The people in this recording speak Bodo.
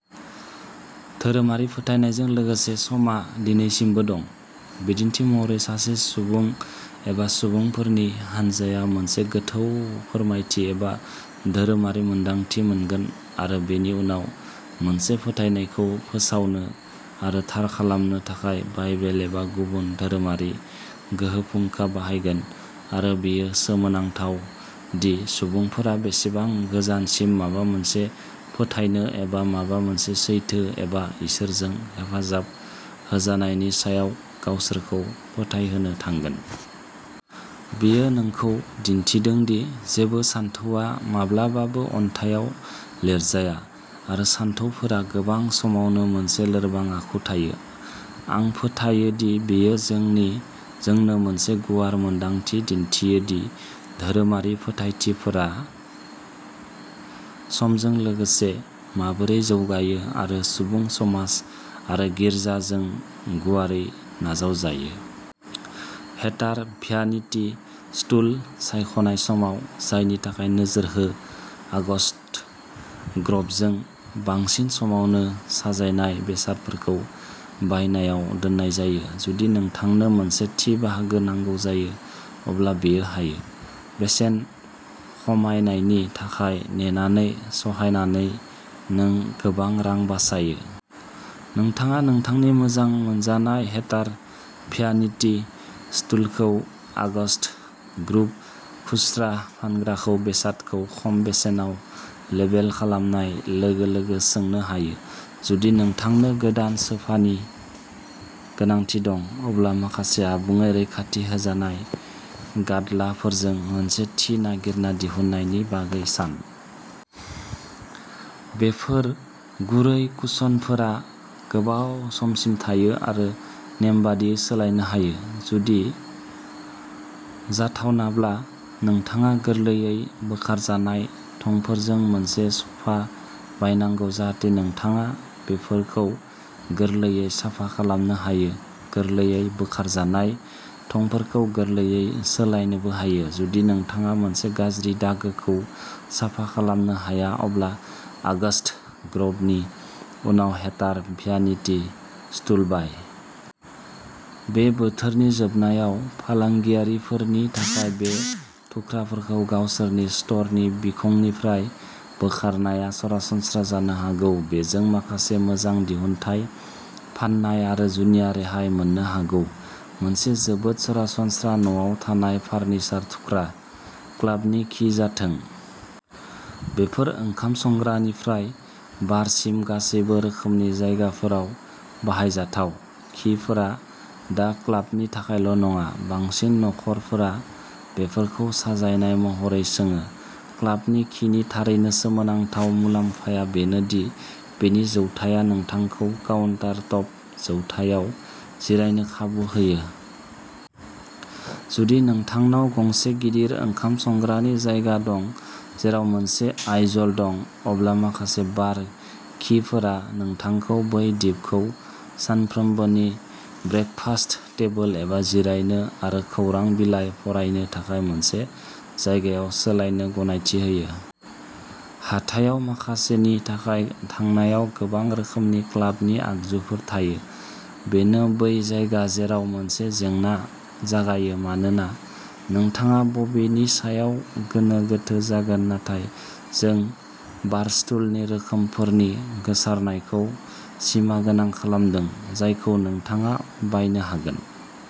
धोरोमारि फोथायनायजों लोगोसे समआ दिनैसिमबो दं। बिदिन्थि महरै सासे सुबुं एबा सुबुंफोरनि हानजाया मोनसे गोथौ फोरमायथि एबा धोरोमारि मोन्दांथि मोनगोन आरो बेनि उनाव मोनसे फोथायनायखौ फोसावनो आरो थार खालामनो थाखाय बाइबेल एबा गुबुन धोरोमारि गोहो फुंखा बाहायगोन आरो बेयो सोमोनांथाव दि सुबुंफोरा बेसेबां गोजानसिम माबा मोनसे फोथायनो एबा माबा मोनसे सैथो एबा इसोरजों हेफाजाब होजानायनि सायाव गावसोरखौ फोथायहोनो थांगोन। बेयो नोंखौ दिन्थिदों दि जेबो सानथौआ माब्लाबाबो अन्थाइआव लिरजाया आरो सानथौफोरा गोबां समावनो मोनसे लोरबां आखु थायो। आं फोथायो दि बेयो जोंनो मोनसे गुवार मोनदांथि दिन्थियो दि धोरोमारि फोथायथिफोरा समजों लोगोसे माबोरै जौगायो आरो सुबुं समाज आरो गिर्जाजों गुवारै नाजावजायो। हेटार भ्यानिटि स्टुल सायख'नाय समाव जायनि थाखाय नोजोर हो आगस्त ग्र'भजों। बांसिन समावनो साजायनाय बेसादफोरखौ बायनायाव दोननाय जायो। जुदि नोंथांनो मोनसे थि बाहागो नांगौ जायो अब्ला बेयो हायो। बेसेन खमायनायनि थाखाय नेनानै सहायनानै नों गोबां रां बासायो। नोंथाङा नोंथांनि मोजां मोनजानाय हेटार भ्यानिटि स्टुलखौ आगस्त ग्र'व खुस्रा फानग्राखौ बेसादखौ खम बेसेनाव लेबेल खालामनाय लोगो लोगो सोंनो हायो। जुदि नोंथांनो गोदान सोफानि गोनांथि दं, अब्ला माखासे आबुङै रैखाथि होजानाय गाद्लाफोरजों मोनसे थि नागिरना दिहुननायनि बागै सान। बेफोर गुरै कुशनफोरा गोबाव समसिम थायो आरो नेम बादियै सोलायनो हायो। जुदि जाथावनाब्ला, नोंथाङा गोरलैयै बोखारजानाय थंफोरजों मोनसे स'फा बायनांगौ जाहाथे नोंथाङा बेफोरखौ गोरलैयै साफा खालामनो हायो। गोरलैयै बोखारजानाय थंफोरखौ गोरलैयै सोलायनोबो हायो, जुदि नोंथाङा मोनसे गाज्रि दागोखौ साफा खालामनो हाया अब्ला आगस्ट ग्र'वनि उनाव हेटार भ्यानिटि स्टुल बाय। बे बोथोरनि जोबनायाव, फालांगियारिफोरनि थाखाय बे थुख्राफोरखौ गावसोरनि स्ट'रनि बिखंनिफ्राय बोखारनाया सरासनस्रा जानो हागौ। बेजों माखासे मोजां दिहुनथाय फाननाय आरो जुनिया रेहाय मोननो हागौ। मोनसे जोबोद सरासनस्रा न'आव थानाय फार्निचार थुख्रा। क्लाबनि खि जाथों। बेफोर ओंखाम संग्रानिफ्राय बारसिम गासैबो रोखोमनि जायगाफोराव बाहायजाथाव। खिफोरा दा क्लाबनि थाखायल' नङा। बांसिन नखरफोरा बेफोरखौ साजायनाय महरै सोङो। क्लाबनि खिनि थारैनो सोमोनांथाव मुलाम्फाया बेनो दि बेनि जौथाया नोंथांखौ काउन्टार-टप जौथायाव जिरायनो खाबु होयो। जुदि नोंथांनाव गंसे गिदिर ओंखाम संग्रानि जायगा दं, जेराव मोनसे आइजल दं, अब्ला माखासे बार खिफोरा नोंथांखौ बै दिपखौ सानफ्रोमबोनि ब्रेकफास्ट टेबोल एबा जिरायनो आरो खौरां बिलाइ फरायनो थाखाय मोनसे जायगायाव सोलायनो गनायथि होयो। हाथाइआव माखासेनि थाखाय थांनायाव गोबां रोखोमनि क्लाबनि आगजुफोर थायो। बेनो बै जायगा जेराव मोनसे जेंना जागायो मानोना नोंथाङा बबेनि सायाव गोनो गोथो जागोन। नाथाय जों बारस्टुलनि रोखोमफोरनि गोसारनायखौ सिमागोनां खालामदों, जायखौ नोंथाङा बायनो हागोन।